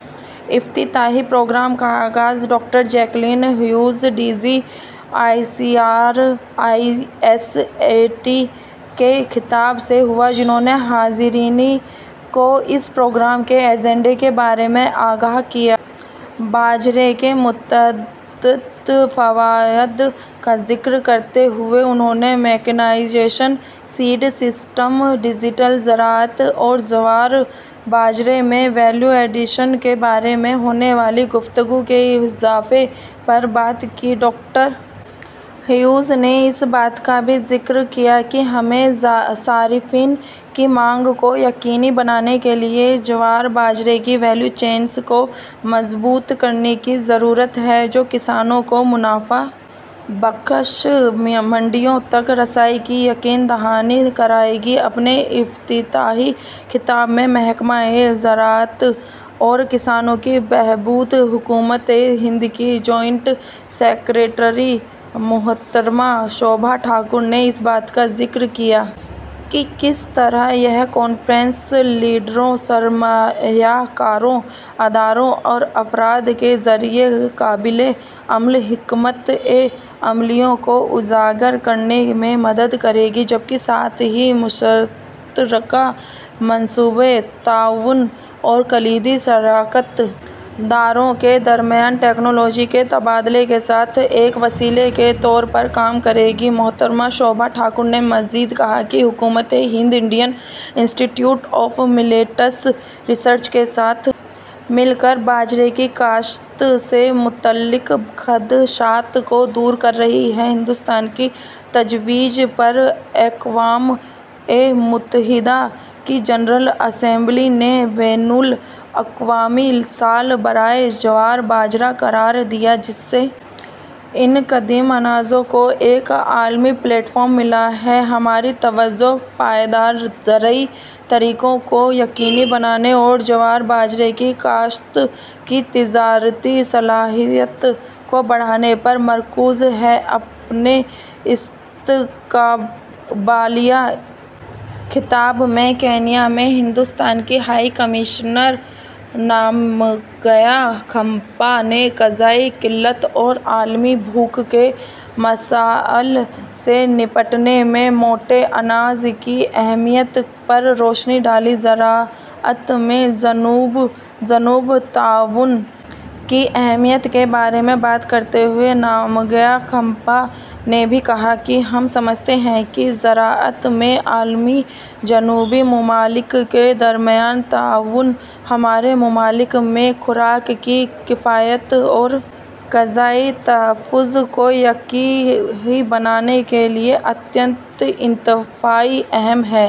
افتتاحی پروگرام کا آغاز doctor Jacqueline Hughes D G I C R I S A T کے خطاب سے ہوا جنہوں نے حاضرین کو اس پروگرام کے ایجنڈے کے بارے میں آگاہ کیا باجرے کے متعدد فوائد کا ذکر کرتے ہوئے انہوں نے میکانائزیشن سیڈ سسٹم ڈیجیٹل زراعت اور جوار باجرے میں ویلیو ایڈیشن کے بارے میں ہونے والی گفتگو کے اضافے پر بات کی ڈاکٹر ہیوز نے اس بات کا بھی ذکر کیا کہ ہمیں صارفین کی مانگ کو یقینی بنانے کے لیے جوار باجرے کی ویلیو چینز کو مضبوط کرنے کی ضرورت ہے جو کسانوں کو منافع بخش منڈیوں تک رسائی کی یقین دہانی کرائے گی اپنے افتتاحی خطاب میں محکمہ زراعت اور کسانوں کی بہبود حکومت ہند کی جوائنٹ سکریٹری محترمہ شوبھا ٹھاکر نے اس بات کا ذکر کیا کہ کس طرح یہ کانفرنس لیڈروں سرمایہ کاروں اداروں اور افراد کے ذریعہ قابل عمل حکمت عملیوں کو اجاگر کرنے میں مدد کرے گی جبکہ ساتھ ہی مشترکہ منصوبے تعاون اور کلیدی شراکت داروں کے درمیان ٹیکنالوجی کے تبادلے کے ساتھ ایک وسیلے کے طور پر کام کرے گی محترمہ شوبھا ٹھاکر نے مزید کہا کہ حکومت Hind Indian Institute of Millets Research کے ساتھ مل کر باجرے کی کاشت سے متعلق خدشات کو دور کر رہی ہے ہندوستان کی تجویز پر اقوام متحدہ کی جنرل اسمبلی نے بین الاقوامی سال برائے جوار باجرہ قرار دیا جس سے ان قدیم اناجوں کو ایک عالمی پلیٹ فارم ملا ہے ہماری توجہ پائیدار زرعی طریقوں کو یقینی بنانے اور جوار باجرے کی کاشت کی تجارتی صلاحیت کو بڑھانے پر مرکوز ہے اپنے استقبالیہ خطاب میں کینیا میں ہندوستان کی ہائی کمشنر نمگیا کھمپا نے غذائی قلت اور عالمی بھوک کے مسائل سے نمٹنے میں موٹے اناج کی اہمیت پر روشنی ڈالی زراعت میں جنوب جنوب تعاون کی اہمیت کے بارے میں بات کرتے ہوئے نمگیا کھمپا نے بھی کہا کہ ہم سمجھتے ہیں کہ زراعت میں عالمی جنوبی ممالک کے درمیان تعاون ہمارے ممالک میں خوراک کی کفایت اور غذائی تحفظ کو یقینی بنانے کے لیے انتہائی اہم ہے